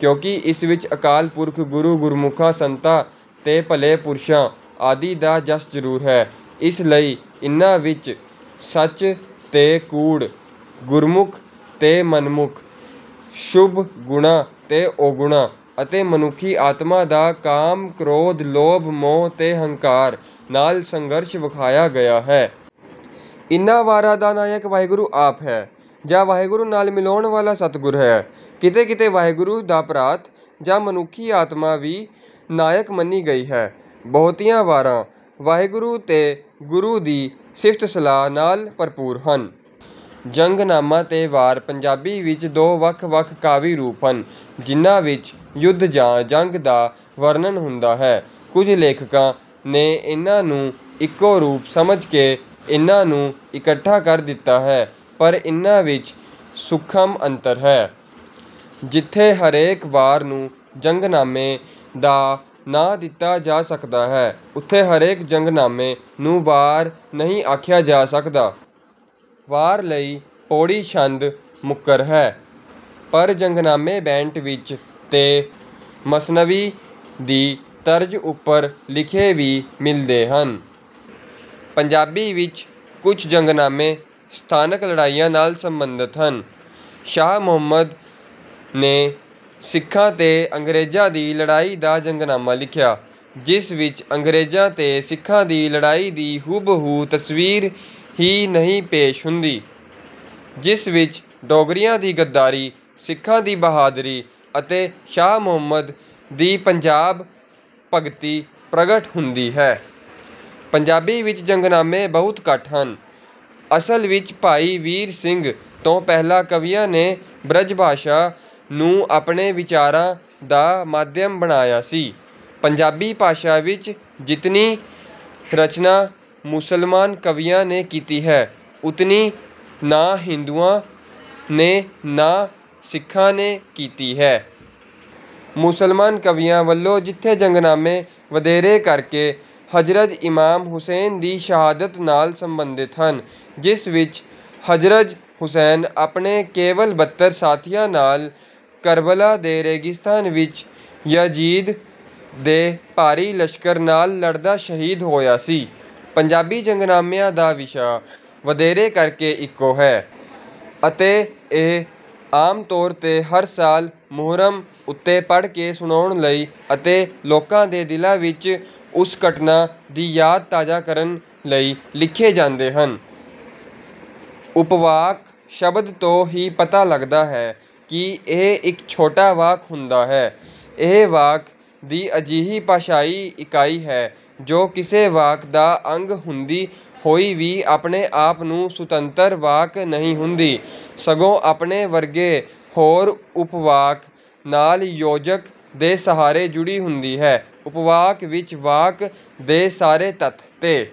ਕਿਉਂਕਿ ਇਸ ਵਿੱਚ ਅਕਾਲ ਪੁਰਖ, ਗੁਰੂ, ਗੁਰਮੁਖਾਂ, ਸੰਤਾਂ ਤੇ ਭਲੇ ਪੁਰਸ਼ਾਂ ਆਦਿ ਦਾ ਜਸ ਜ਼ਰੂਰ ਹੈ, ਇਸ ਲਈ ਇਨ੍ਹਾਂ ਵਿੱਚ ਸੱਚ ਤੇ ਕੂੜ, ਗੁਰਮੁਖ ਤੇ ਮਨਮੁਖ, ਸ਼ੁਭ ਗੁਣਾਂ ਤੇ ਔਗੁਣਾਂ ਅਤੇ ਮਨੁੱਖੀ ਆਤਮਾ ਦਾ ਕਾਮ, ਕ੍ਰੋਧ, ਲੋਭ, ਮੋਹ ਤੇ ਹੰਕਾਰ ਨਾਲ ਸੰਘਰਸ਼ ਵਿਖਾਇਆ ਗਿਆ ਹੈ। ਇਨ੍ਹਾਂ ਵਾਰਾਂ ਦਾ ਨਾਇਕ ਵਾਹਿਗੁਰੂ ਆਪ ਹੈ ਜਾਂ ਵਾਹਿਗੁਰੂ ਨਾਲ ਮਿਲਾਉਣ ਵਾਲਾ ਸਤਿਗੁਰੂ ਹੈ, ਕਿਤੇ-ਕਿਤੇ ਵਾਹਿਗੁਰੂ ਦਾ ਭਰਾਤ ਜਾਂ ਮਨੁੱਖੀ ਆਤਮਾ ਵੀ ਨਾਇਕ ਮੰਨੀ ਗਈ ਹੈ। ਬਹੁਤੀਆਂ ਵਾਰਾਂ ਵਾਹਿਗੁਰੂ ਤੇ ਗੁਰੂ ਦੀ ਸਿਫ਼ਤ-ਸਲਾਹ ਨਾਲ ਭਰਪੂਰ ਹਨ। ਜੰਗਨਾਮਾ ਤੇ ਵਾਰ ਪੰਜਾਬੀ ਵਿੱਚ ਦੋ ਵੱਖ-ਵੱਖ ਕਾਵਿ-ਰੂਪ ਹਨ, ਜਿਹਨਾਂ ਵਿੱਚ ਯੁੱਧ ਜਾਂ ਜੰਗ ਦਾ ਵਰਣਨ ਹੁੰਦਾ ਹੈ। ਕੁਝ ਲੇਖਕਾਂ ਨੇ ਇਨ੍ਹਾਂ ਨੂੰ ਇੱਕੋ ਰੂਪ ਸਮਝ ਕੇ ਇਨ੍ਹਾਂ ਨੂੰ ਇਕੱਠਾ ਕਰ ਦਿੱਤਾ ਹੈ, ਪਰ ਇਨ੍ਹਾਂ ਵਿੱਚ ਸੂਖਮ ਅੰਤਰ ਹੈ। ਜਿੱਥੇ ਹਰੇਕ ਵਾਰ ਨੂੰ ਜੰਗਨਾਮੇ ਦਾ ਨਾਂ ਦਿੱਤਾ ਜਾ ਸਕਦਾ ਹੈ, ਉੱਥੇ ਹਰੇਕ ਜੰਗਨਾਮੇ ਨੂੰ ਵਾਰ ਨਹੀਂ ਆਖਿਆ ਜਾ ਸਕਦਾ। ਵਾਰ ਲਈ ਪਉੜੀ ਛੰਦ ਮੁਕੱਰ ਹੈ, ਪਰ ਜੰਗਨਾਮੇ ਬੈਂਤ ਵਿੱਚ ਤੇ ਮਸਨਵੀ ਦੀ ਤਰਜ਼ ਉੱਪਰ ਲਿਖੇ ਵੀ ਮਿਲਦੇ ਹਨ। ਪੰਜਾਬੀ ਵਿੱਚ ਕੁਝ ਜੰਗਨਾਮੇ ਸਥਾਨਕ ਲੜਾਈਆਂ ਨਾਲ ਸੰਬੰਧਿਤ ਹਨ। ਸ਼ਾਹ ਮੁਹੰਮਦ ਨੇ ਸਿੱਖਾਂ ਤੇ ਅੰਗਰੇਜ਼ਾਂ ਦੀ ਲੜਾਈ ਦਾ ਜੰਗਨਾਮਾ ਲਿਖਿਆ, ਜਿਸ ਵਿੱਚ ਅੰਗਰੇਜ਼ਾਂ ਤੇ ਸਿੱਖਾਂ ਦੀ ਲੜਾਈ ਦੀ ਹੂ-ਬ-ਹੂ ਤਸਵੀਰ ਹੀ ਨਹੀਂ ਪੇਸ਼ ਹੁੰਦੀ, ਜਿਸ ਵਿੱਚ ਡੋਗਰਿਆਂ ਦੀ ਗੱਦਾਰੀ, ਸਿੱਖਾਂ ਦੀ ਬਹਾਦਰੀ ਅਤੇ ਸ਼ਾਹ ਮੁਹੰਮਦ ਦੀ ਪੰਜਾਬ-ਭਗਤੀ ਪ੍ਰਗਟ ਹੁੰਦੀ ਹੈ। ਪੰਜਾਬੀ ਵਿੱਚ ਜੰਗਨਾਮੇ ਬਹੁਤ ਘੱਟ ਹਨ। ਅਸਲ ਵਿੱਚ ਭਾਈ ਵੀਰ ਸਿੰਘ ਤੋਂ ਪਹਿਲਾਂ ਕਵੀਆਂ ਨੇ ਬ੍ਰਜ-ਭਾਸ਼ਾ ਨੂੰ ਆਪਣੇ ਵਿਚਾਰਾਂ ਦਾ ਮਾਧਿਅਮ ਬਣਾਇਆ ਸੀ। ਪੰਜਾਬੀ ਭਾਸ਼ਾ ਵਿੱਚ ਜਿਤਨੀ ਰਚਨਾ ਮੁਸਲਮਾਨ ਕਵੀਆਂ ਨੇ ਕੀਤੀ ਹੈ, ਉਤਨੀ ਨਾ ਹਿੰਦੂਆਂ ਨੇ ਨਾ ਸਿੱਖਾਂ ਨੇ ਕੀਤੀ ਹੈ। ਮੁਸਲਮਾਨ ਕਵੀਆਂ ਵੱਲੋਂ ਲਿਖੇ ਜੰਗਨਾਮੇ ਵਧੇਰੇ ਕਰਕੇ ਹਜ਼ਰਤ ਇਮਾਮ ਹੁਸੈਨ ਦੀ ਸ਼ਹਾਦਤ ਨਾਲ ਸੰਬੰਧਿਤ ਹਨ, ਜਿਸ ਵਿੱਚ ਹਜ਼ਰਤ ਹੁਸੈਨ ਆਪਣੇ ਕੇਵਲ ਬੱਤਰ ਸਾਥੀਆਂ ਨਾਲ ਕਰਬਲਾ ਦੇ ਰੇਗਿਸਤਾਨ ਵਿੱਚ ਯਜ਼ੀਦ ਦੇ ਭਾਰੀ ਲਸ਼ਕਰ ਨਾਲ ਲੜਦਾ ਸ਼ਹੀਦ ਹੋਇਆ ਸੀ। ਪੰਜਾਬੀ ਜੰਗਨਾਮਿਆਂ ਦਾ ਵਿਸ਼ਾ ਵਧੇਰੇ ਕਰਕੇ ਇੱਕੋ ਹੈ ਅਤੇ ਇਹ ਆਮ ਤੌਰ 'ਤੇ ਹਰ ਸਾਲ ਮੁਹੱਰਮ ਉੱਤੇ ਪੜ੍ਹ ਕੇ ਸੁਣਾਉਣ ਲਈ ਅਤੇ ਲੋਕਾਂ ਦੇ ਦਿਲਾਂ ਵਿੱਚ ਉਸ ਘਟਨਾ ਦੀ ਯਾਦ ਤਾਜ਼ਾ ਕਰਨ ਲਈ ਲਿਖੇ ਜਾਂਦੇ ਹਨ। ਉਪਵਾਕ ਸ਼ਬਦ ਤੋਂ ਹੀ ਪਤਾ ਲੱਗਦਾ ਹੈ ਕਿ ਇਹ ਇੱਕ ਛੋਟਾ ਵਾਕ ਹੁੰਦਾ ਹੈ। ਇਹ ਵਾਕ ਦੀ ਅਜਿਹੀ ਭਾਸ਼ਾਈ ਇਕਾਈ ਹੈ, ਜੋ ਕਿਸੇ ਵਾਕ ਦਾ ਅੰਗ ਹੁੰਦੀ ਹੋਈ ਵੀ ਆਪਣੇ ਆਪ ਵਿੱਚ ਸੁਤੰਤਰ ਵਾਕ ਨਹੀਂ ਹੁੰਦੀ, ਸਗੋਂ ਆਪਣੇ ਵਰਗੇ ਹੋਰ ਉਪਵਾਕ ਨਾਲ ਯੋਜਕ ਦੇ ਸਹਾਰੇ ਜੁੜੀ ਹੁੰਦੀ ਹੈ। ਉਪਵਾਕ ਵਿੱਚ ਵਾਕ ਦੇ ਸਾਰੇ ਤੱਥ 'ਤੇ